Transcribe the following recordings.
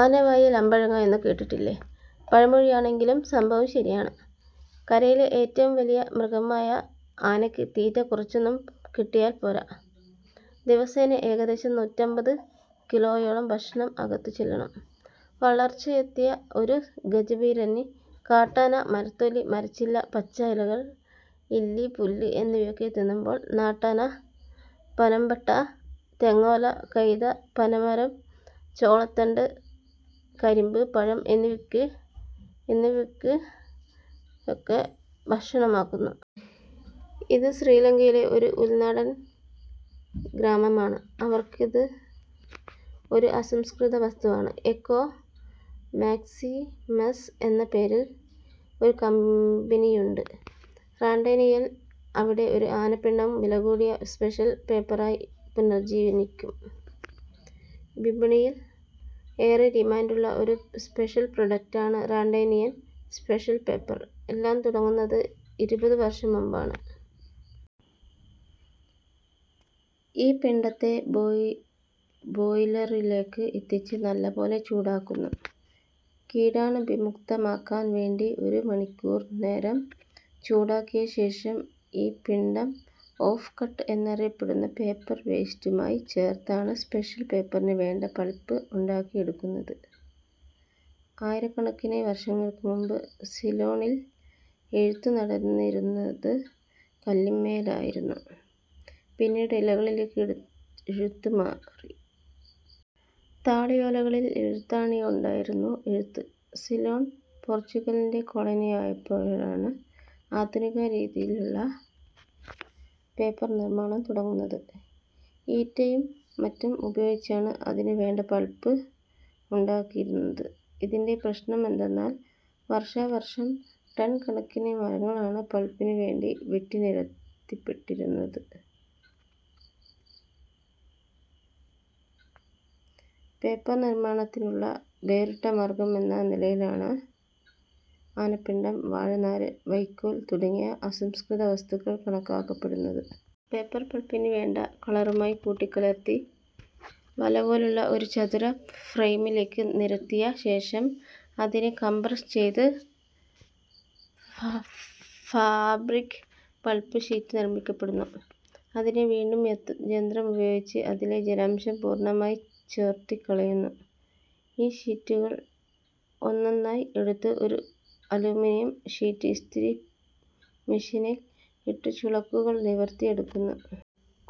ആനവായിൽ അമ്പഴങ്ങ എന്നു കേട്ടിട്ടില്ലേ? പഴമൊഴിയാണെങ്കിലും സംഭവം ശരിയാണ്. കരയിലെ ഏറ്റവും വലിയ മൃഗമായ ആനയ്ക്ക് തീറ്റ കുറച്ചൊന്നും കിട്ടിയാൽ പോരാ. ദിവസേന ഏകദേശം നൂറ്റമ്പത് കിലോയോളം ഭക്ഷണം അകത്തുചെല്ലണം വളർച്ചയെത്തിയ ഒരു ഗജവീരന്. കാട്ടാന മരത്തൊലി, മരച്ചില്ല, പച്ച ഇലകൾ, ഇല്ലി, പുല്ല് എന്നിവയൊക്കെ തിന്നുമ്പോൾ നാട്ടാന പനംപട്ട, തെങ്ങോല, കൈത, പനമരം, ചോളത്തണ്ട്, കരിമ്പ്, പഴം എന്നിവയൊക്കെ ഭക്ഷണമാക്കുന്നു. ഇത് ശ്രീലങ്കയിലെ ഒരു ഉൾനാടൻ ഗ്രാമമാണ്. അവർക്കിത് ഒരു അസംസ്കൃത വസ്തുവാണ്. എക്കോ മാക്സിമസ് എന്ന പേരിൽ ഒരു കമ്പനിയുണ്ട് റാണ്ടേനിയയിൽ. അവിടെ ഈ ആനപ്പിണ്ടം വിലകൂടിയ സ്പെഷ്യൽ പേപ്പറായി പുനർജനിക്കും. വിപണിയിൽ ഏറെ ഡിമാൻഡുള്ള ഒരു സ്പെഷ്യൽ പ്രൊഡക്ടാണ് റാണ്ടേനിയൻ സ്പെഷ്യൽ പേപ്പർ. എല്ലാം തുടങ്ങുന്നത് ഇരുപത് വർഷം മുമ്പാണ്. ഈ പിണ്ടത്തെ ബോയിലറിലേക്ക് എത്തിച്ച് നല്ലപോലെ ചൂടാക്കുന്നു. കീടാണുവിമുക്തമാക്കാൻ വേണ്ടി ഒരു മണിക്കൂർ നേരം ചൂടാക്കിയ ശേഷം ഈ പിണ്ടം ഓഫ് കട്ട് എന്നറിയപ്പെടുന്ന പേപ്പർ വേസ്റ്റുമായി ചേർത്താണ് സ്പെഷ്യൽ പേപ്പറിന് വേണ്ട പൾപ്പ് ഉണ്ടാക്കിയെടുക്കുന്നത്. ആയിരക്കണക്കിന് വർഷങ്ങൾക്ക് മുമ്പ് സിലോണിൽ എഴുത്ത് നടന്നിരുന്നത് കല്ലിന്മേലായിരുന്നു. പിന്നീട് ഇലകളിലേക്ക് എഴുത്ത് മാറി. താളിയോലകളിൽ എഴുത്താണികൊണ്ടായിരുന്നു എഴുത്ത്. സിലോൺ പോർച്ചുഗലിൻ്റെ കോളനിയായപ്പോഴാണ് ആധുനിക രീതിയിലുള്ള പേപ്പർ നിർമ്മാണം തുടങ്ങുന്നത്. ഈറ്റയും മറ്റും ഉപയോഗിച്ചാണ് അതിനുവേണ്ട പൾപ്പ് ഉണ്ടാക്കിയിരുന്നത്. ഇതിൻ്റെ പ്രശ്നമെന്തെന്നാൽ വർഷാവർഷം ടൺ കണക്കിന് മരങ്ങളാണ് പൾപ്പിനുവേണ്ടി വെട്ടിനിരത്തപ്പെട്ടിരുന്നത്. പേപ്പർ നിർമ്മാണത്തിനുള്ള വേറിട്ട മാർഗം എന്ന നിലയിലാണ് ആനപ്പിണ്ടം, വാഴനാര്, വൈക്കോൽ തുടങ്ങിയ അസംസ്കൃത വസ്തുക്കൾ കണക്കാക്കപ്പെടുന്നത്. പേപ്പർ പൾപ്പിനെ വേണ്ട കളറുമായി കൂട്ടിക്കലർത്തി വലപോലുള്ള ഒരു ചതുര ഫ്രെയിമിലേക്ക് നിരത്തിയ ശേഷം അതിനെ കംപ്രസ് ചെയ്ത് ഫാബ്രിക് പൾപ്പ് ഷീറ്റ് നിർമ്മിക്കപ്പെടുന്നു. അതിനെ വീണ്ടും യന്ത്രമുപയോഗിച്ച് അതിലെ ജലാംശം പൂർണ്ണമായി ചോർത്തിക്കളയുന്നു. ഈ ഷീറ്റുകൾ ഒന്നൊന്നായി എടുത്ത് ഒരു അലുമിനിയം ഷീറ്റ് ഇസ്തിരി മെഷീനിൽ ഇട്ട് ചുളുക്കുകൾ നിവർത്തിയെടുക്കുന്നു.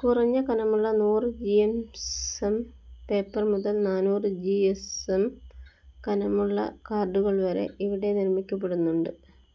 കുറഞ്ഞ കനമുള്ള നൂറ് ജിഎസ്എം പേപ്പർ മുതൽ നാനൂറ് ജിഎസ്എം കനമുള്ള കാർഡുകൾ വരെ ഇവിടെ നിർമ്മിക്കപ്പെടുന്നുണ്ട്.